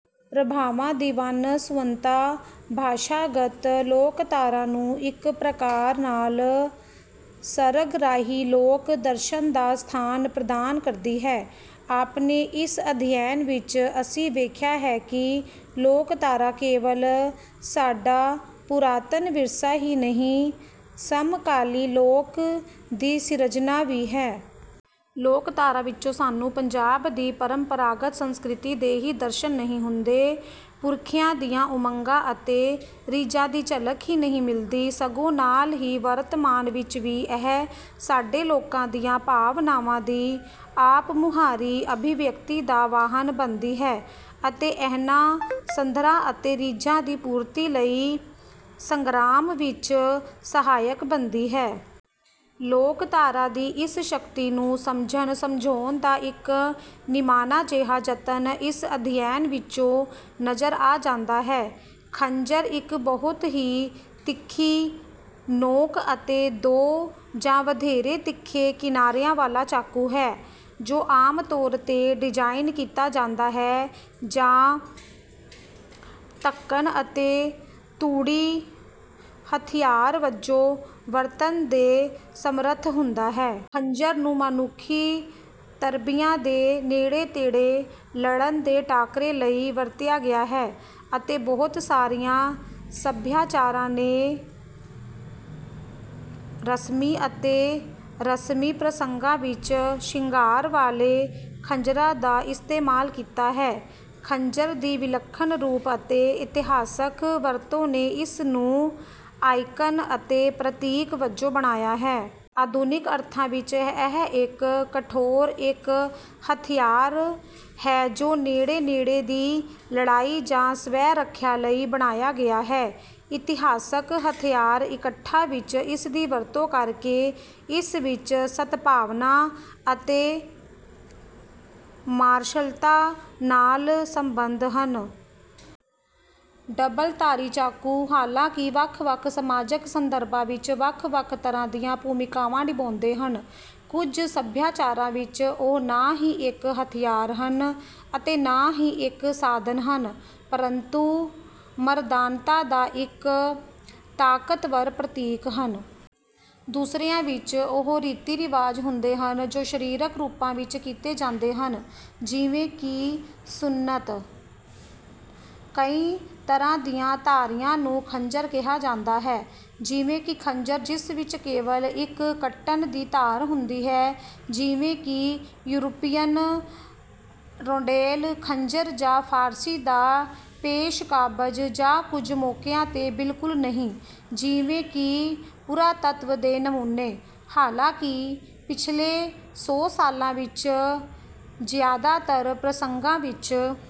ਪ੍ਰਭਾਵਾਂ ਦੀ ਵੰਨ-ਸੁਵੰਨਤਾ ਭਾਸ਼ਾਗਤ ਲੋਕਧਾਰਾ ਨੂੰ ਇੱਕ ਪ੍ਰਕਾਰ ਨਾਲ ਸਰਗਰਾਹੀ ਲੋਕ-ਦਰਸ਼ਨ ਦਾ ਸਥਾਨ ਪ੍ਰਦਾਨ ਕਰਦੀ ਹੈ। ਆਪਣੇ ਇਸ ਅਧਿਐਨ ਵਿੱਚ ਅਸੀਂ ਵੇਖਿਆ ਹੈ ਕਿ ਲੋਕਧਾਰਾ ਕੇਵਲ ਸਾਡਾ ਪੁਰਾਤਨ ਵਿਰਸਾ ਹੀ ਨਹੀਂ, ਸਮਕਾਲੀ 'ਲੋਕ' ਦੀ ਸਿਰਜਣਾ ਵੀ ਹੈ। ਲੋਕਧਾਰਾ ਵਿੱਚੋਂ ਸਾਨੂੰ ਪੰਜਾਬ ਦੀ ਪਰੰਪਰਾਗਤ ਸੰਸਕ੍ਰਿਤੀ ਦੇ ਹੀ ਦਰਸ਼ਨ ਨਹੀਂ ਹੁੰਦੇ, ਪੁਰਖਿਆਂ ਦੀਆਂ ਉਮੰਗਾਂ ਅਤੇ ਰੀਝਾਂ ਦੀ ਝਲਕ ਹੀ ਨਹੀਂ ਮਿਲਦੀ, ਸਗੋਂ ਨਾਲ ਹੀ ਵਰਤਮਾਨ ਵਿੱਚ ਵੀ ਇਹ ਸਾਡੇ ਲੋਕਾਂ ਦੀਆਂ ਭਾਵਨਾਵਾਂ ਦੀ ਆਪਮੁਹਾਰੀ ਅਭਿਵਿਅਕਤੀ ਦਾ ਵਾਹਨ ਬਣਦੀ ਹੈ ਅਤੇ ਇਹਨਾਂ ਸੱਧਰਾਂ ਅਤੇ ਰੀਝਾਂ ਦੀ ਪੂਰਤੀ ਲਈ ਸੰਗਰਾਮ ਵਿੱਚ ਸਹਾਇਕ ਬਣਦੀ ਹੈ। ਲੋਕਧਾਰਾ ਦੀ ਇਸ ਸ਼ਕਤੀ ਨੂੰ ਸਮਝਣ-ਸਮਝਾਉਣ ਦਾ ਇੱਕ ਨਿਮਾਣਾ ਜਿਹਾ ਜਤਨ ਇਸ ਅਧਿਐਨ ਵਿੱਚੋਂ ਨਜ਼ਰ ਆ ਜਾਂਦਾ ਹੈ। ਖੰਜਰ ਇੱਕ ਬਹੁਤ ਹੀ ਤਿੱਖੀ ਨੋਕ ਅਤੇ ਦੋ ਜਾਂ ਵਧੇਰੇ ਤਿੱਖੇ ਕਿਨਾਰਿਆਂ ਵਾਲਾ ਚਾਕੂ ਹੈ, ਜੋ ਆਮ ਤੌਰ 'ਤੇ ਡਿਜ਼ਾਈਨ ਕੀਤਾ ਜਾਂਦਾ ਹੈ ਜਾਂ ਧੱਕਣ ਅਤੇ ਤੂੜੀ ਹਥਿਆਰ ਵਜੋਂ ਵਰਤਣ ਦੇ ਸਮਰੱਥ ਹੁੰਦਾ ਹੈ। ਖੰਜਰ ਨੂੰ ਮਨੁੱਖੀ ਤਜ਼ਰਬਿਆਂ ਦੇ ਨੇੜੇ-ਤੇੜੇ ਲੜਨ ਦੇ ਟਾਕਰੇ ਲਈ ਵਰਤਿਆ ਗਿਆ ਹੈ, ਅਤੇ ਬਹੁਤ ਸਾਰੀਆਂ ਸਭਿਆਚਾਰਾਂ ਨੇ ਰਸਮੀ ਅਤੇ ਰਸਮੀ ਪ੍ਰਸੰਗਾਂ ਵਿੱਚ ਸ਼ਿੰਗਾਰ ਵਾਲੇ ਖੰਜਰਾਂ ਦਾ ਇਸਤੇਮਾਲ ਕੀਤਾ ਹੈ। ਖੰਜਰ ਦੀ ਵਿਲੱਖਣ ਰੂਪ ਅਤੇ ਇਤਿਹਾਸਕ ਵਰਤੋਂ ਨੇ ਇਸ ਨੂੰ ਆਈਕਨ ਅਤੇ ਪ੍ਰਤੀਕ ਵਜੋਂ ਬਣਾਇਆ ਹੈ। ਆਧੁਨਿਕ ਅਰਥਾਂ ਵਿੱਚ ਇਹ ਇੱਕ ਕਠੋਰ ਇੱਕ-ਹਥਿਆਰ ਹੈ ਜੋ ਨੇੜੇ-ਨੇੜੇ ਦੀ ਲੜਾਈ ਜਾਂ ਸਵੈ-ਰੱਖਿਆ ਲਈ ਬਣਾਇਆ ਗਿਆ ਹੈ। ਇਤਿਹਾਸਕ ਹਥਿਆਰ ਇਕੱਠਾਂ ਵਿੱਚ ਇਸਦੀ ਵਰਤੋਂ ਕਰਕੇ, ਇਸ ਵਿੱਚ ਸਦਭਾਵਨਾ ਅਤੇ ਮਾਰਸ਼ਲਤਾ ਨਾਲ ਸੰਬੰਧ ਹਨ। ਡਬਲ-ਧਾਰੀ ਚਾਕੂ, ਹਾਲਾਂਕਿ, ਵੱਖ-ਵੱਖ ਸਮਾਜਕ ਸੰਦਰਭਾਂ ਵਿੱਚ ਵੱਖ-ਵੱਖ ਤਰ੍ਹਾਂ ਦੀਆਂ ਭੂਮਿਕਾਵਾਂ ਨਿਭਾਉਂਦੇ ਹਨ। ਕੁਝ ਸੱਭਿਆਚਾਰਾਂ ਵਿੱਚ, ਉਹ ਨਾ ਹੀ ਇੱਕ ਹਥਿਆਰ ਹਨ ਅਤੇ ਨਾ ਹੀ ਇੱਕ ਸਾਧਨ ਹਨ, ਪਰੰਤੂ ਮਰਦਾਨਤਾ ਦਾ ਇੱਕ ਤਾਕਤਵਰ ਪ੍ਰਤੀਕ ਹਨ। ਦੂਸਰਿਆਂ ਵਿੱਚ ਉਹ ਰੀਤੀ-ਰਿਵਾਜ ਹੁੰਦੇ ਹਨ ਜੋ ਸਰੀਰਕ ਰੂਪਾਂ ਵਿੱਚ ਕੀਤੇ ਜਾਂਦੇ ਹਨ ਜਿਵੇਂ ਕਿ ਸੁੰਨਤ। ਕਈ ਤਰ੍ਹਾਂ ਦੀਆਂ ਧਾਰੀਆਂ ਨੂੰ ਖੰਜਰ ਕਿਹਾ ਜਾਂਦਾ ਹੈ, ਜਿਵੇਂ ਕਿ ਖੰਜਰ ਜਿਸ ਵਿੱਚ ਕੇਵਲ ਇੱਕ ਕੱਟਣ ਦੀ ਧਾਰ ਹੁੰਦੀ ਹੈ, ਜਿਵੇਂ ਕਿ ਯੂਰਪੀਅਨ ਰੋਂਡੈਲ ਖੰਜਰ ਜਾਂ ਫ਼ਾਰਸੀ ਦਾ ਪੇਸ਼-ਕਾਬਜ਼, ਜਾਂ ਕੁਝ ਮੌਕਿਆਂ 'ਤੇ, ਬਿਲਕੁਲ ਨਹੀਂ, ਜਿਵੇਂ ਕਿ ਪੁਰਾਤੱਤਵ ਦੇ ਨਮੂਨੇ। ਹਾਲਾਂਕਿ, ਪਿਛਲੇ ਸੌ ਸਾਲਾਂ ਵਿੱਚ ਜ਼ਿਆਦਾਤਰ ਪ੍ਰਸੰਗਾਂ ਵਿੱਚ,